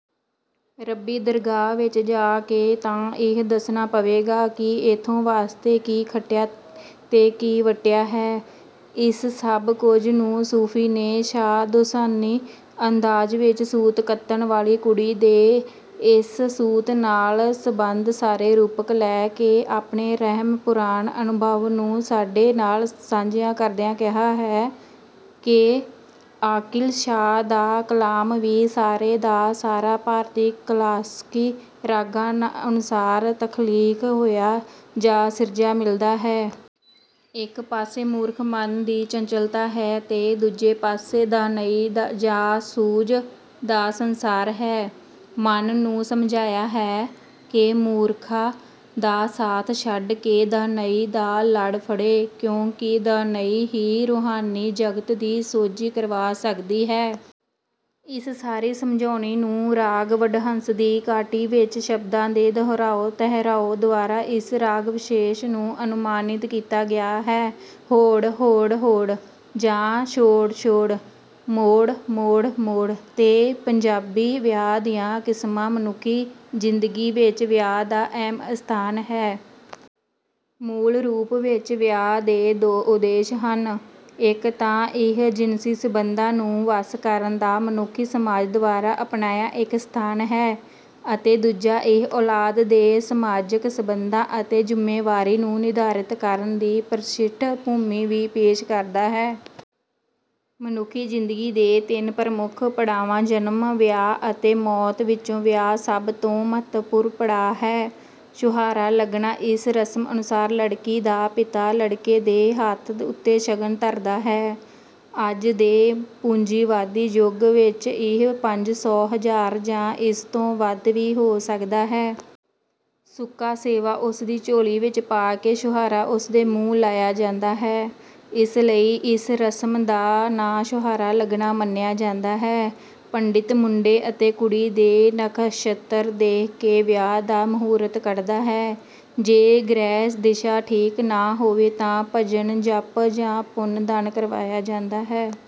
ਰੱਬੀ ਦਰਗਾਹ ਵਿਚ ਜਾ ਕੇ ਤਾਂ ਇਹ ਦਸੱਣਾ ਪਵੇਗਾ। ਕਿ ਏਥੋਂ ਵਾਸਤੇ ਕੀ ਖੱਟਿਆ ਤੇਕੀ ਵੱਟਿਆ ਹੈ। ਇਸ ਸਭ ਕੁਝ ਨੂੰ ਸੂਫ਼ੀ ਨੇ ਸ਼ਾਹ ਦੋਸੋਨੀ ਅੰਦਾਜ਼ ਵਿਚ ਸੂਤ ਕੱਤਣ ਵਾਲੀ ਕੁੜੀ ਤੇ ਇਸ ਸੂਤ ਨਾਲ ਸੰੰਬੰਧ ਸਾਰੇ ਰੂਪਕ ਲੈ ਕੇ ਆਪਣੇ ਰਹਮ-ਪੁਰਣ ਅਨੁਭਵ ਨੂੰ ਸਾਡੇ ਨਾਲ ਸਾਂਝਿਆਂ ਕਰਦਿਆਂ ਕਿਹਾ ਹੈ ਕਿ: ਆਕਿਲ ਸ਼ਾਹ ਦਾ ਕਲਾਮ ਵੀ ਸਾਰੇ ਦਾ ਸਾਰਾ ਭਾਰਤੀ ਕਲਾਸਕੀ ਰਾਗਾਂ ਨਾ ਅਨੁਸਾਰ ਤਖਲੀਕ ਹੋਇਆ ਜਾਂ ਸਿਰਜਿਆ ਮਿਲਦਾ ਹੈ। ਇਕ ਪਾਸੇ ਮੂਰਖ ਮਨ ਦੀ ਚੰਚਲਤਾ ਹੈ ਤੇ ਦੂਜੇ ਪਾਸੇ ਦਾਨਾਈ ਜਾਂ ਸੂਝ ਦਾ ਸੰਸਾਰ ਹੈ, ਮਨ ਨੂੰ ਸਮਝਾਇਆ ਹੈ ਕਿ ਮੂਰਖਾਂ ਦਾ ਸਾਥ ਛੱਡ ਕੇ ਦਾਨਾਈ ਦਾ ਲੜ ਫੜੇ ਕਿਉਂਕਿ ਦਾਨਾਈ ਹੀ ਰੂਹਾਨੀ-ਜਗਤ ਦੀ ਸੌਝੀ ਕਰਵਾ ਸਕਦੀ ਹੈ। ਇਸ ਸਾਰੀ ਸਮਝਾਉਣੀ ਨੂੰ ਰਾਗ ਵਡਹੰਸ ਦੀ ਕਾਟੀ ਵਿਚ ਸ਼ਬਦਾਂ ਦੇ ਦੁਹਰਾਉ, ਤੀਹਰਾਓ ਦੁਆਰਾ ਇਸ ਰਾਗ-ਵਿਸ਼ੇਸ ਨੂੰ ਅਨੁਮਾਨਿਤ ਕੀਤਾ ਗਿਆ ਹੈ। ਹੋੜ, ਹੋੜ, ਹੋੜ ਜਾ ਛੋੜ, ਛੋੜ, 'ਮੋੜ, ਮੋੜ, ਮੋੜ ਤੇ। ਪੰਜਾਬੀ ਵਿਆਹ ਦੀਆਂ ਕਿਸਮਾਂ ਮਨੁੱਖੀ ਜ਼ਿੰਦਗੀ ਵਿੱਚ ਵਿਆਹ ਦਾ ਅਹਿਮ ਸਥਾਨ ਹੈ। ਮੂਲ ਰੂਪ ਵਿਚ ਵਿਆਹ ਦੇ ਦੋ ਉਦੇਸ਼ ਹਨ ਇਕ ਤਾਂ ਇਹ ਜਿਨਸੀ ਸੰਬੰਧਾਂ ਨੂੰ ਵੱਸ ਕਰਨ ਦਾ ਮਨੁੱਖੀ ਸਮਾਜ ਦੁਆਰਾ ਅਪਣਾਇਆ ਇਕ ਸਥਾਨ ਹੈ ਅਤੇ ਦੂਜਾ ਇਹ ਔਲਾਦ ਦੇ ਸਮਾਜਕ ਸੰਬੰਧਾਂ ਅਤੇ ਜਿੰਮੇਵਾਰੀ ਨੂੰ ਨਿਰਧਾਰਤ ਕਰਨ ਦੀ ਪ੍ਰਿਸ਼ਠ ਭੂਮੀ ਵੀ ਪੇਸ਼ ਕਰਦਾ ਹੈ। ਮਨੁੱਖੀ ਜ਼ਿੰਦਗੀ ਦੇ ਤਿੰਨ ਪ੍ਰਮੁੱਖ ਪੜਾਵਾਂ ਜਨਮ, ਵਿਆਹ ਅਤੇ ਮੌਤ ਵਿੱਚੋਂ ਵਿਆਹ ਸਭ ਤੋਂ ਮਹੱਤਵਪੂਰਨ ਪੜਾਅ ਹੈ। ਛੁਹਾਰਾ ਲੱਗਣਾ ਇਸ ਰਸਮ ਅਨੁਸਾਰ ਲੜਕੀ ਦਾ ਪਿਤਾ ਲੜਕੇ ਦੇ ਹੱਥ ਉੱਤੇ ਸ਼ਗਨ ਧਰਦਾ ਹੈ। ਅੱਜ ਦੇ ਪੂੰਜੀਵਾਦੀ ਯੁੱਗ ਵਿੱਚ ਇਹ ਪੰਜ ਸੌ, ਹਜ਼ਾਰ ਜਾਂ ਇਸ ਤੋਂ ਵੱਧ ਵੀ ਹੋ ਸਕਦਾ ਹੈ। ਸੁੱਕਾ ਸੇਵਾ ਉਸਦੀ ਝੋਲੀ ਵਿਚ ਪਾ ਕੇ ਛੁਹਾਰਾ ਉਸਦੇ ਮੂੰਹ ਲਾਇਆ ਜਾਂਦਾ ਹੈ। ਇਸ ਲਈ ਇਸ ਰਸਮ ਦਾ ਨਾਂ ਛੁਹਾਰਾ ਲੱਗਣਾ ਮੰਨਿਆ ਜਾਂਦਾ ਹੈ। ਪੰਡਿਤ ਮੁੰਡੇ ਅਤੇ ਕੁੜੀ ਦੇ ਨਖ਼ਸ਼ੱਤਰ ਦੇਖ ਕੇ ਵਿਆਹ ਦਾ ਮਹੂਰਤ ਕੱਢਦਾ ਹੈ ਜੇ ਗ੍ਰਹਿ ਦਿਸ਼ਾ ਠੀਕ ਨਾ ਹੋਵੇ ਤਾਂ ਭਜਨ, ਜਪ ਜਾਂ ਪੁੰਨ ਦਾਨ ਕਰਵਾਇਆ ਜਾਂਦਾ ਹੈ।